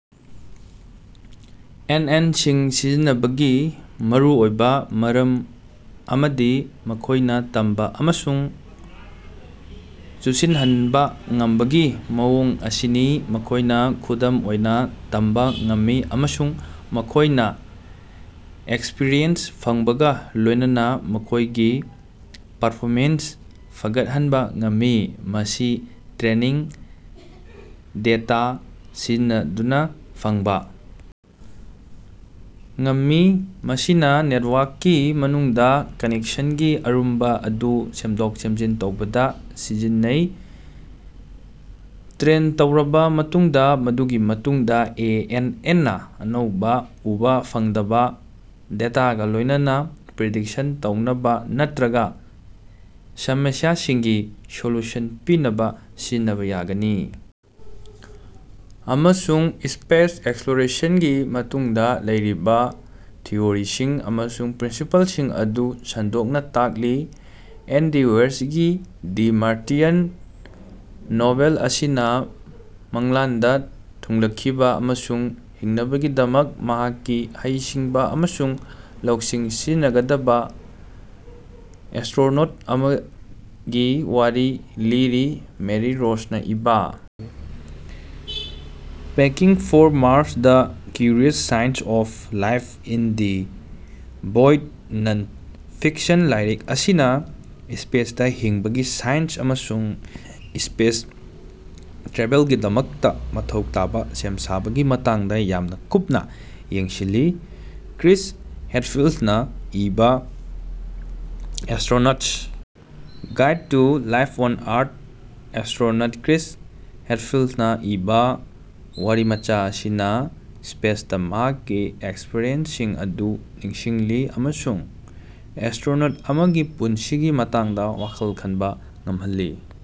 And N ꯁꯤꯡ ꯁꯤꯖꯤꯟꯅꯕꯒꯤ ꯃꯔꯨꯑꯣꯏꯕ ꯃꯔꯝ ꯑꯃꯗꯤ ꯃꯈꯣꯏꯅ ꯇꯝꯕ ꯑꯃꯁꯨꯡ ꯆꯨꯁꯤꯟꯅꯍꯟꯕ ꯉꯝꯕꯒꯤ ꯃꯑꯣꯡ ꯑꯁꯤꯅꯤ꯫ ꯃꯈꯣꯏꯅ ꯈꯨꯗꯝ ꯑꯣꯏꯅ ꯇꯝꯕ ꯉꯝꯃꯤ ꯑꯃꯁꯨꯡ ꯃꯈꯣꯏꯅ ꯑꯦꯛꯁꯄꯔꯤꯌꯦꯟꯁ ꯐꯪꯕꯒ ꯂꯣꯏꯅꯅ ꯃꯈꯣꯏꯒꯤ ꯄꯔꯐꯣꯃꯦꯟꯁ ꯐꯒꯠꯍꯟꯕ ꯉꯝꯃꯤ꯫ ꯃꯁꯤ ꯇꯔꯦꯅꯤꯡ ꯗꯦꯇꯥ ꯁꯤꯖꯤꯟꯅꯗꯨꯅ ꯐꯪꯕ ꯉꯝꯃꯤ ꯃꯁꯤꯅ ꯅꯦꯠꯋꯥꯛꯀꯤ ꯃꯅꯨꯡꯗ ꯀꯅꯦꯛꯁꯟꯒꯤ ꯑꯔꯨꯝꯕ ꯑꯗꯨ ꯁꯦꯝꯗꯣꯛ ꯁꯦꯝꯖꯤꯟ ꯇꯧꯕꯗ ꯁꯤꯖꯤꯟꯅꯩ꯫ ꯇꯔꯦꯟ ꯇꯧꯔꯕ ꯃꯇꯨꯡꯗ ꯃꯗꯨꯒꯤ ꯃꯇꯨꯡꯗ ꯑꯦ ꯑꯦꯟ ꯑꯦꯟ ꯅ ꯑꯅꯧꯕ ꯎꯕ ꯐꯪꯗꯕ ꯗꯦꯇꯥꯒ ꯂꯣꯏꯅꯅ ꯄ꯭ꯔꯤꯗꯤꯛꯁꯟ ꯇꯧꯅꯕ ꯅꯠꯇ꯭ꯔꯒ ꯁꯃꯁꯤꯌꯥꯁꯤꯡꯒꯤ ꯁꯣꯂꯨꯁꯟ ꯄꯤꯅꯕ ꯁꯤꯖꯤꯟꯅꯕ ꯌꯥꯒꯅꯤ꯫ ꯑꯃꯁꯨꯡ ꯁꯄꯦꯁ ꯑꯦꯛꯁꯄꯂꯣꯔꯦꯁꯟꯒꯤ ꯃꯇꯨꯡꯗ ꯂꯩꯔꯤꯕ ꯊꯤꯑꯣꯔꯤꯁꯤꯡ ꯑꯃꯁꯨꯡ ꯄ꯭ꯔꯤꯟꯁꯤꯄꯜꯁꯤꯡ ꯑꯗꯨ ꯁꯟꯗꯣꯛꯅ ꯇꯥꯛꯂꯤ꯫ ꯑꯦꯟꯗꯤ ꯋꯦꯏꯔꯒꯤ ꯗꯤ ꯃꯥꯔꯇꯤꯌꯟ ꯅꯣꯚꯦꯜ ꯑꯁꯤꯅ ꯃꯪꯂꯥꯟꯗ ꯊꯨꯡꯂꯈꯤꯕ ꯑꯃꯁꯨꯡ ꯍꯤꯡꯅꯕꯒꯤꯗꯃꯛ ꯃꯍꯥꯛꯀꯤ ꯍꯩꯁꯤꯡꯕ ꯑꯃꯁꯨꯡ ꯂꯧꯁꯤꯡ ꯁꯤꯖꯤꯟꯅꯒꯗꯕ ꯑꯦꯁꯇꯔꯣꯅꯣꯠ ꯑꯃꯒꯤ ꯋꯥꯔꯤ ꯂꯤꯔꯤ꯫ ꯃꯦꯔꯤ ꯔꯣꯁꯅ ꯏꯕꯥ Packing for Mars the curious science of life in the void non fiction ꯂꯥꯏꯔꯤꯛ ꯑꯁꯤꯅ ꯁꯄꯦꯁꯇ ꯍꯤꯡꯕꯒꯤ ꯁꯥꯏꯟꯁ ꯑꯃꯁꯨꯡ ꯁꯄꯦꯁ ꯇ꯭ꯔꯥꯚꯦꯜꯒꯤꯗꯃꯛꯇ ꯃꯊꯧ ꯇꯥꯕ ꯁꯦꯝ ꯁꯥꯕꯒꯤ ꯃꯇꯥꯡꯗ ꯌꯥꯃꯅ ꯀꯨꯞꯅ ꯌꯦꯡꯁꯤꯜꯂꯤ꯫ ꯀ꯭ꯔꯤꯁ ꯍꯦꯗꯐꯤꯜꯗꯅ ꯏꯕꯥ astronaut's guide to life on Earth astronaut Chris ꯍꯦꯗꯐꯤꯜꯗꯅ ꯏꯕꯥ ꯋꯥꯔꯤꯃꯆꯥ ꯑꯁꯤꯅ ꯁꯄꯦꯁꯇ ꯃꯍꯥꯛꯀꯤ ꯑꯦꯛꯁꯄꯔꯤꯌꯦꯟꯁꯁꯤꯡ ꯑꯗꯨ ꯅꯤꯡꯁꯤꯡꯂꯤ ꯑꯃꯁꯨꯡ ꯑꯦꯁꯇꯔꯣꯅꯣꯠ ꯑꯃꯒꯤ ꯄꯨꯟꯁꯤꯒꯤ ꯃꯇꯥꯡꯗ ꯋꯥꯈꯜ ꯈꯟꯕ ꯉꯝꯍꯜꯂꯤ꯫